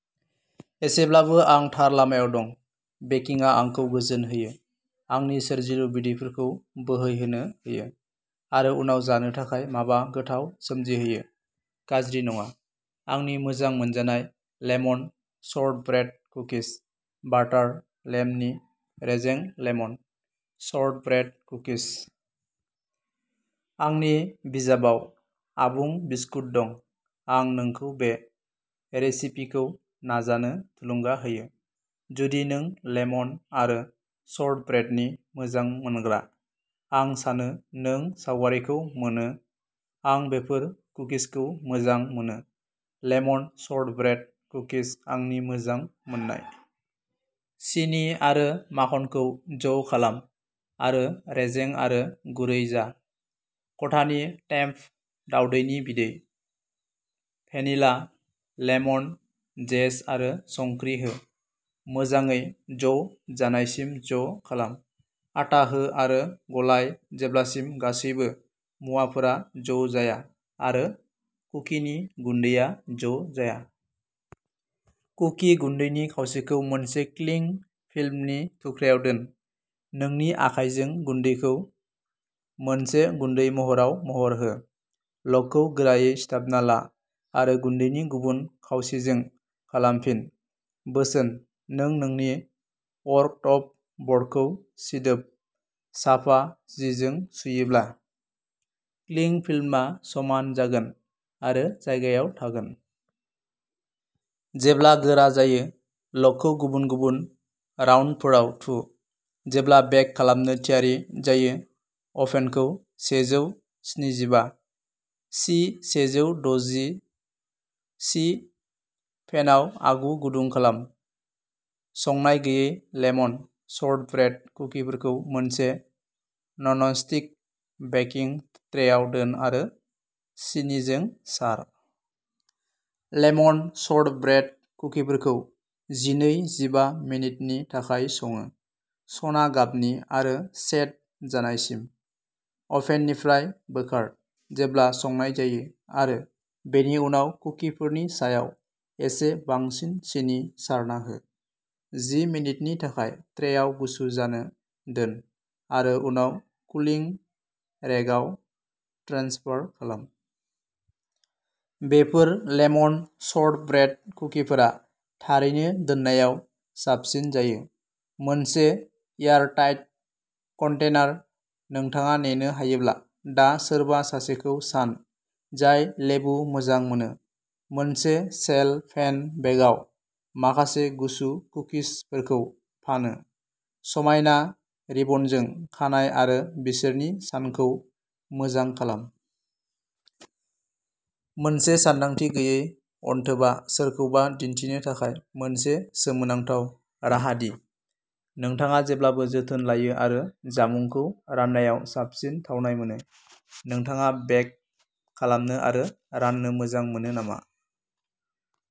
एसेब्लाबो आं थार लामायाव दं! बेकिंआ आंखौ गोजोन होयो, आंनि सोरजिलु बिदैफोरखौ बोहैहोनो होयो आरो उनाव जानो थाखाय माबा गोथाव सोमजिहोयो। गाज्रि नङा, आंनि मोजां मोनजानाय लेमन शर्टब्रेड कुकिज! बाटार, लेमनि, रेजें लेमन शर्टब्रेड कुकिज। आंनि बिजाबाव आबुं बिस्कुट दं। आं नोंखौ बे रेसिपिखौ नाजानो थुलुंगा होयो, जुदि नों लेमन आरो शर्टब्रेडनि मोजां मोनग्रा। आं सानो नों सावगारिखौ मोनो। आं बेफोर कुकिजखौ मोजां मोनो! लेमन शर्टब्रेड कुकिज आंनि मोजां मोननाय! सिनि आरो माखनखौ ज' खालाम आरो रेजें आरो गुरै जा। खथानि टेम्प दावदैनि बिदै, भेनिला, लेमन जेस्ट आरो संख्रि हो। मोजाङै ज' जानायसिम ज' खालाम। आटा हो आरो गलाय जेब्लासिम गासैबो मुवाफोरा ज' जाया आरो कुकिनि गुन्दैआ ज' जाया। कुकि गुन्दैनि खावसेखौ मोनसे क्लिं फिल्मनि थुख्राआव दोन। नोंनि आखाइजों गुन्दैखौ मोनसे गुन्दै महराव महर हो। लगखौ गोरायै सिथाबना ला आरो गुन्दैनि गुबुन खावसेजों खालामफिन। बोसोन नों नोंनि वर्कटप ब'र्डखौ सिदोब, साफा जिजों सुयोब्ला, क्लिं फिल्मआ समान जागोन आरो जायगायाव थागोन! जेब्ला गोरा जायो, लगखौ गुबुन गुबुन राउन्डफोराव थु। जेब्ला बेक खालामनो थियारि जायो, अभेनखौ सेजौ स्निजिबा सि सेजौ द'जि सि फेनआव आगु गुदुं खालाम। संनाय गैयै लेमन शर्टब्रेड कुकिफोरखौ मोनसे ननस्टिक बेकिं ट्रेआव दोन आरो सिनिजों सार। लेमन शर्टब्रेड कुकिफोरखौ जिनै जिबा मिनिटनि थाखाय सङो, सना गाबनि आरो सेट जानायसिम। अभेननिफ्राय बोखार, जेब्ला संनाय जायो आरो बेनि उनाव कुकिफोरनि सायाव एसे बांसिन सिनि सारना हो। जि मिनिटनि थाखाय ट्रेआव गुसु जानो दोन आरो उनाव कुलिं रेकआव ट्रेन्सफार खालाम। बेफोर लेमन शर्टब्रेड कुकिफोरा थारैनो दोननायाव साबसिन जायो, मोनसे एयारटाइट कन्टेनार, नोंथाङा नेनो हायोब्ला। दा सोरबा सासेखौ सान, जाय लेबु मोजां मोनो, मोनसे सेल' फेन बेगआव माखासे गुसु कुकिसफोरखौ फानो, समायना रिबनजों खानाय आरो बिसोरनि सानखौ मोजां खालाम! मोनसे सानदांथि गैयै अनथोबआ सोरखौबा दिन्थिनो थाखाय मोनसे सोमोनांथाव राहा दि नोंथाङा जेब्लाबो जोथोन लायो आरो जामुंखौ राननायाव साबसिन थावनाय मोनो। नोंथाङा बेक खालामनो आरो राननो मोजां मोनो नामा?